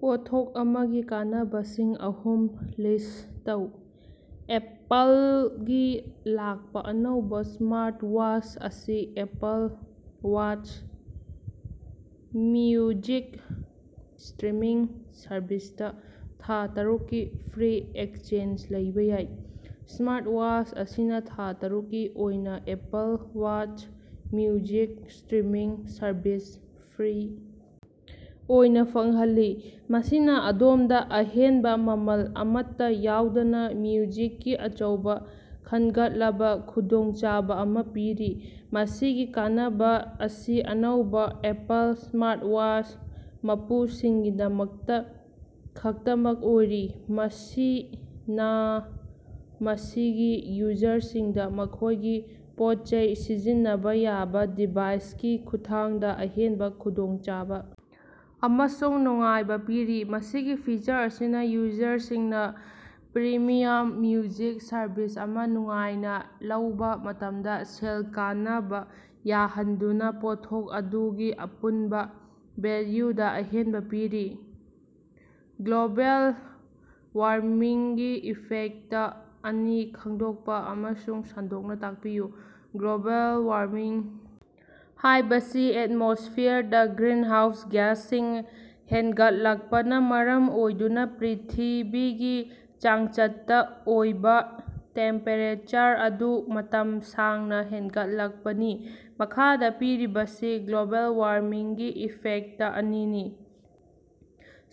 ꯄꯣꯠꯊꯣꯛ ꯑꯃꯒꯤ ꯀꯥꯟꯅꯕꯁꯤꯡ ꯑꯍꯨꯝ ꯂꯤꯁ꯭ꯠ ꯇꯧ꯫ ꯑꯦꯄꯜꯗꯒꯤ ꯂꯥꯛꯄ ꯑꯅꯧꯕ ꯁ꯭ꯃꯥꯔꯠꯋꯥꯆ ꯑꯁꯤ ꯑꯦꯄꯜ ꯋꯥꯆ ꯃꯤꯎꯖꯤꯛ ꯁ꯭ꯇ꯭ꯔꯤꯃꯤꯡ ꯁꯔꯚꯤꯁꯇ ꯊꯥ ꯇꯔꯨꯛꯀꯤ ꯐ꯭ꯔꯤ ꯑꯦꯛꯁꯦꯁ ꯂꯩꯕ ꯌꯥꯏ꯫ ꯁ꯭ꯃꯥꯔꯠꯋꯥꯆ ꯑꯁꯤꯅ ꯊꯥ ꯇꯔꯨꯛꯀꯤ ꯑꯣꯏꯅ Apple watch music streaming service free ꯑꯣꯏꯅ ꯐꯪꯍꯜꯂꯤ, ꯃꯁꯤꯅ ꯑꯗꯣꯝꯗ ꯑꯍꯦꯟꯕ ꯃꯃꯜ ꯑꯃꯠꯇ ꯌꯥꯎꯗꯅ ꯃ꯭ꯌꯨꯖꯤꯛꯀꯤ ꯑꯆꯧꯕ ꯈꯟꯒꯠꯂꯕ ꯈꯨꯗꯣꯡꯆꯥꯕ ꯑꯃ ꯄꯤꯔꯤ꯫ ꯃꯁꯤꯒꯤ ꯀꯥꯟꯅꯕ ꯑꯁꯤ ꯑꯅꯧꯕ ꯑꯦꯄꯜ ꯁ꯭ꯃꯥꯔꯠꯋꯥꯆ ꯃꯄꯨꯁꯤꯡꯒꯤꯗꯃꯛꯇ ꯈꯛꯇꯃꯛ ꯑꯣꯏꯔꯤ, ꯃꯁꯤꯅꯥꯃꯁꯤꯒꯤ ꯌꯨꯖꯔꯁꯤꯡꯗ ꯃꯈꯣꯏꯒꯤ ꯄꯣꯠꯆꯩ ꯁꯤꯖꯤꯟꯅꯕ ꯌꯥꯕꯥ ꯗꯤꯚꯥꯏꯁꯀꯤ ꯈꯨꯠꯊꯥꯡꯗ ꯑꯍꯦꯟꯕ ꯈꯨꯗꯣꯡꯆꯥꯕ ꯑꯃꯁꯨꯡ ꯅꯨꯡꯉꯥꯏꯕ ꯄꯤꯔꯤ꯫ ꯃꯁꯤꯒꯤ ꯐꯤꯆꯔ ꯑꯁꯤꯅ ꯌꯨꯖꯔꯁꯤꯡꯅ ꯄ꯭ꯔꯤꯃꯤꯌꯥꯝ ꯃ꯭ꯌꯨꯖꯤꯛ ꯁꯔꯚꯤꯁ ꯑꯃ ꯅꯨꯡꯉꯥꯏꯅ ꯂꯧꯕ ꯃꯇꯝꯗ ꯁꯦꯜ ꯀꯅꯕ ꯌꯥꯍꯟꯗꯨꯅ ꯄꯣꯠꯊꯣꯛ ꯑꯗꯨꯒꯤ ꯑꯄꯨꯟꯕ ꯚꯦꯜꯌꯨꯗ ꯑꯍꯦꯟꯕ ꯄꯤꯔꯤ꯫ ꯒ꯭ꯂꯣꯕꯦꯜ ꯋꯥꯔꯃꯤꯡꯒꯤ ꯏꯐꯦꯛꯇ ꯑꯅꯤ ꯈꯪꯗꯣꯛꯄ ꯑꯃꯁꯨꯡ ꯁꯟꯗꯣꯛꯅ ꯇꯥꯛꯄꯤꯌꯨ꯫ ꯒ꯭ꯂꯣꯕꯦꯜ ꯋꯥꯔꯃꯤꯡ ꯍꯥꯏꯕꯁꯤ ꯑꯦꯠꯃꯣꯁ꯭ꯐꯤꯌꯔꯗ ꯒ꯭ꯔꯤꯟꯍꯥꯎꯁ ꯒ꯭ꯌꯥꯁꯁꯤꯡ ꯍꯦꯟꯒꯠꯂꯛꯄꯅ ꯃꯔꯝ ꯑꯣꯏꯗꯨꯅ ꯄ꯭ꯔꯤꯊꯤꯕꯤꯒꯤ ꯆꯥꯡꯆꯠꯇ ꯑꯣꯏꯕ ꯇꯦꯝꯄꯦꯔꯦꯆꯔ ꯑꯗꯨ ꯃꯇꯝ ꯁꯥꯡꯅ ꯍꯦꯟꯒꯠꯂꯛꯄꯅꯤ꯫ ꯃꯈꯥꯗ ꯄꯤꯔꯤꯕꯁꯤ ꯒ꯭ꯂꯣꯕꯦꯜ ꯋꯥꯔꯃꯤꯡꯒꯤ ꯏꯐꯦꯛꯇ ꯑꯅꯤꯅꯤ: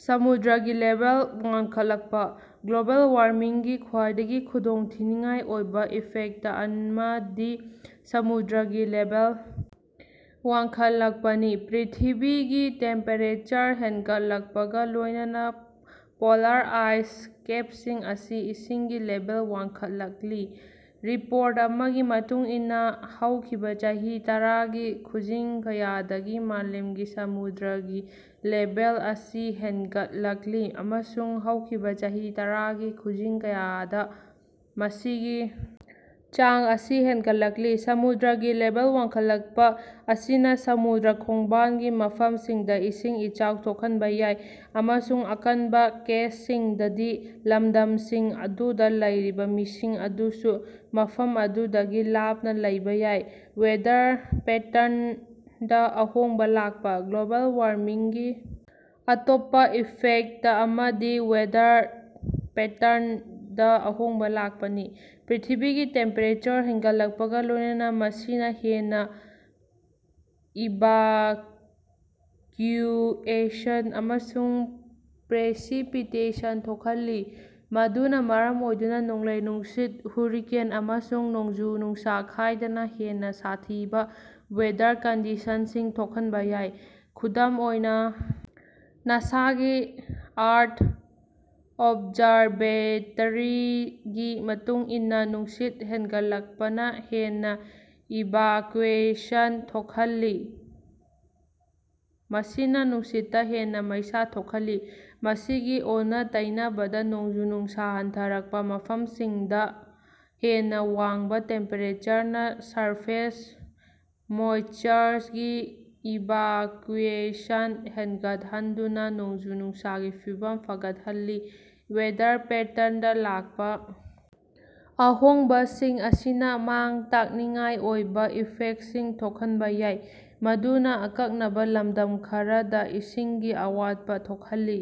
ꯁꯃꯨꯗ꯭ꯔꯒꯤ ꯂꯦꯚꯦꯜ ꯋꯥꯡꯈꯠꯂꯛꯄ: ꯒ꯭ꯂꯣꯕꯦꯜ ꯋꯥꯔꯃꯤꯡꯒꯤ ꯈ꯭ꯋꯥꯏꯗꯒꯤ ꯈꯨꯗꯣꯡꯊꯤꯅꯤꯉꯥꯏ ꯑꯣꯏꯕ ꯏꯐꯦꯛꯇ ꯑꯃꯗꯤ ꯁꯃꯨꯗ꯭ꯔꯒꯤ ꯂꯦꯚꯦꯜ ꯋꯥꯡꯈꯠꯂꯛꯄꯅꯤ꯫ ꯄ꯭ꯔꯤꯊꯤꯕꯤꯒꯤ ꯇꯦꯝꯄꯦꯔꯦꯆꯔ ꯍꯦꯟꯒꯠꯂꯛꯄꯒ ꯂꯣꯏꯅꯅ ꯄꯣꯂꯥꯔ ꯑꯥꯏꯁ ꯀꯦꯞꯁꯤꯡ ꯑꯁꯤ ꯏꯁꯤꯡꯒꯤ ꯂꯦꯚꯦꯜ ꯋꯥꯡꯈꯠꯂꯛꯂꯤ꯫ ꯔꯤꯄꯣꯔꯠ ꯑꯃꯒꯤ ꯃꯇꯨꯡ ꯏꯟꯅ ꯍꯧꯈꯤꯕ ꯆꯍꯤ ꯇꯔꯥꯒꯤ ꯈꯨꯖꯤꯡ ꯀꯌꯥꯗꯒꯤ ꯃꯥꯂꯦꯝꯒꯤ ꯁꯃꯨꯗ꯭ꯔꯒꯤ ꯂꯦꯚꯦꯜ ꯑꯁꯤ ꯍꯦꯟꯒꯠꯂꯛꯂꯤ, ꯑꯃꯁꯨꯡ ꯍꯧꯈꯤꯕ ꯆꯍꯤ ꯇꯔꯥꯒꯤ ꯈꯨꯖꯤꯡ ꯀꯌꯥꯗ ꯃꯁꯤꯒꯤ ꯆꯥꯡ ꯑꯁꯤ ꯍꯦꯟꯒꯠꯂꯛꯂꯤ꯫ ꯁꯃꯨꯗ꯭ꯔꯒꯤ ꯂꯦꯚꯦꯜ ꯋꯥꯡꯈꯠꯂꯛꯄ ꯑꯁꯤꯅ ꯁꯃꯨꯗ꯭ꯔ ꯈꯣꯡꯕꯥꯜꯒꯤ ꯃꯐꯝꯁꯤꯡꯗ ꯏꯁꯤꯡ ꯏꯆꯥꯎ ꯊꯣꯛꯍꯟꯕ ꯌꯥꯏ, ꯑꯃꯁꯨꯡ ꯑꯀꯟꯕꯥ ꯀꯦꯁꯁꯤꯡꯗꯗꯤ, ꯂꯝꯗꯝꯁꯤꯡ ꯑꯗꯨꯗ ꯂꯩꯔꯤꯕ ꯃꯤꯁꯤꯡ ꯑꯗꯨꯁꯨ ꯃꯐꯝ ꯑꯗꯨꯗꯒꯤ ꯂꯥꯞꯅ ꯂꯩꯕ ꯌꯥꯏ꯫ ꯋꯦꯗꯔ ꯄꯦꯇꯔꯟꯗ ꯑꯍꯣꯡꯕ ꯂꯥꯛꯄ: ꯒ꯭ꯂꯣꯕꯦꯜ ꯋꯥꯔꯃꯤꯡꯒꯤ ꯑꯇꯣꯞꯄ ꯏꯐꯦꯛꯇ ꯑꯃꯗꯤ ꯋꯦꯗꯔ ꯄꯦꯇꯔꯟꯗ ꯑꯍꯣꯡꯕ ꯂꯥꯛꯄꯅꯤ꯫ ꯄ꯭ꯔꯤꯊꯤꯕꯤꯒꯤ ꯇꯦꯝꯄꯦꯔꯦꯆꯔ ꯍꯦꯟꯒꯠꯂꯛꯄꯒ ꯂꯣꯏꯅꯅ ꯃꯁꯤꯅ ꯍꯦꯟꯅ ꯏꯚꯥꯀ꯭ꯌꯨꯑꯦꯁꯟ ꯑꯃꯁꯨꯡ ꯄ꯭ꯔꯦꯁꯤꯄꯤꯇꯦꯁꯟ ꯊꯣꯛꯍꯜꯂꯤ, ꯃꯗꯨꯅ ꯃꯔꯝ ꯑꯣꯏꯗꯨꯅ ꯅꯣꯡꯂꯩ-ꯅꯨꯡꯁꯤꯠ, ꯍꯨꯔꯤꯀꯦꯟ, ꯑꯃꯁꯨꯡ ꯅꯣꯡꯖꯨ-ꯅꯨꯡꯁ ꯈꯥꯏꯗꯅ ꯍꯦꯟꯅ ꯁꯥꯊꯤꯕ ꯋꯦꯗꯔ ꯀꯟꯗꯤꯁꯟꯁꯤꯡ ꯊꯣꯛꯍꯟꯕ ꯌꯥꯏ꯫ ꯈꯨꯗꯝ ꯑꯣꯏꯅ, ꯅꯥꯁꯥꯒꯤ ꯑꯥꯔꯊ ꯑꯣꯕꯖꯔꯕꯦꯇꯔꯤꯒꯤ ꯃꯇꯨꯡ ꯏꯟꯅ, ꯅꯨꯡꯁꯤꯠ ꯍꯦꯟꯒꯠꯂꯛꯄꯅ ꯍꯦꯟꯅ ꯏꯚꯥꯀ꯭ꯌꯨꯑꯦꯁꯟ ꯊꯣꯛꯍꯜꯂꯤ, ꯃꯁꯤꯅ ꯅꯨꯡꯁꯤꯠꯇ ꯍꯦꯟꯅ ꯃꯩꯁ ꯊꯣꯛꯍꯜꯂꯤ꯫ ꯃꯁꯤꯒꯤ ꯑꯣꯟꯅ-ꯇꯩꯅꯕꯗ, ꯅꯣꯡꯖꯨ-ꯅꯨꯡꯁꯥ ꯍꯟꯊꯔꯛꯄ ꯃꯐꯝꯁꯤꯡꯗꯥꯡ, ꯍꯦꯟꯅ ꯋꯥꯡꯕ ꯇꯦꯝꯄꯦꯔꯦꯆꯔꯅ ꯁꯔꯐꯦꯁ ꯃꯣꯏꯁꯆꯔꯒꯤ ꯏꯚꯥꯀ꯭ꯌꯨꯑꯦꯁꯟ ꯍꯦꯟꯒꯠꯍꯟꯗꯨꯅ ꯅꯣꯡꯖꯨ-ꯅꯨꯡꯁꯥꯒꯤ ꯐꯤꯚꯝ ꯐꯒꯠꯍꯜꯂꯤ꯫ ꯋꯦꯗꯔ ꯄꯦꯇꯔꯟꯗ ꯂꯥꯛꯄ ꯑꯍꯣꯡꯕꯁꯤꯡ ꯑꯁꯤꯅ ꯃꯥꯡ-ꯇꯥꯛꯅꯤꯡꯉꯥꯏ ꯑꯣꯏꯕ ꯏꯐꯦꯛꯇꯁꯤꯡ ꯊꯣꯛꯍꯟꯕ ꯌꯥꯏ, ꯃꯗꯨꯅ ꯑꯀꯛꯅꯕ ꯂꯝꯗꯝ ꯈꯔꯗ ꯏꯁꯤꯡꯒꯤ ꯑꯋꯥꯠꯄꯥ ꯊꯣꯛꯍꯜꯂꯤ꯫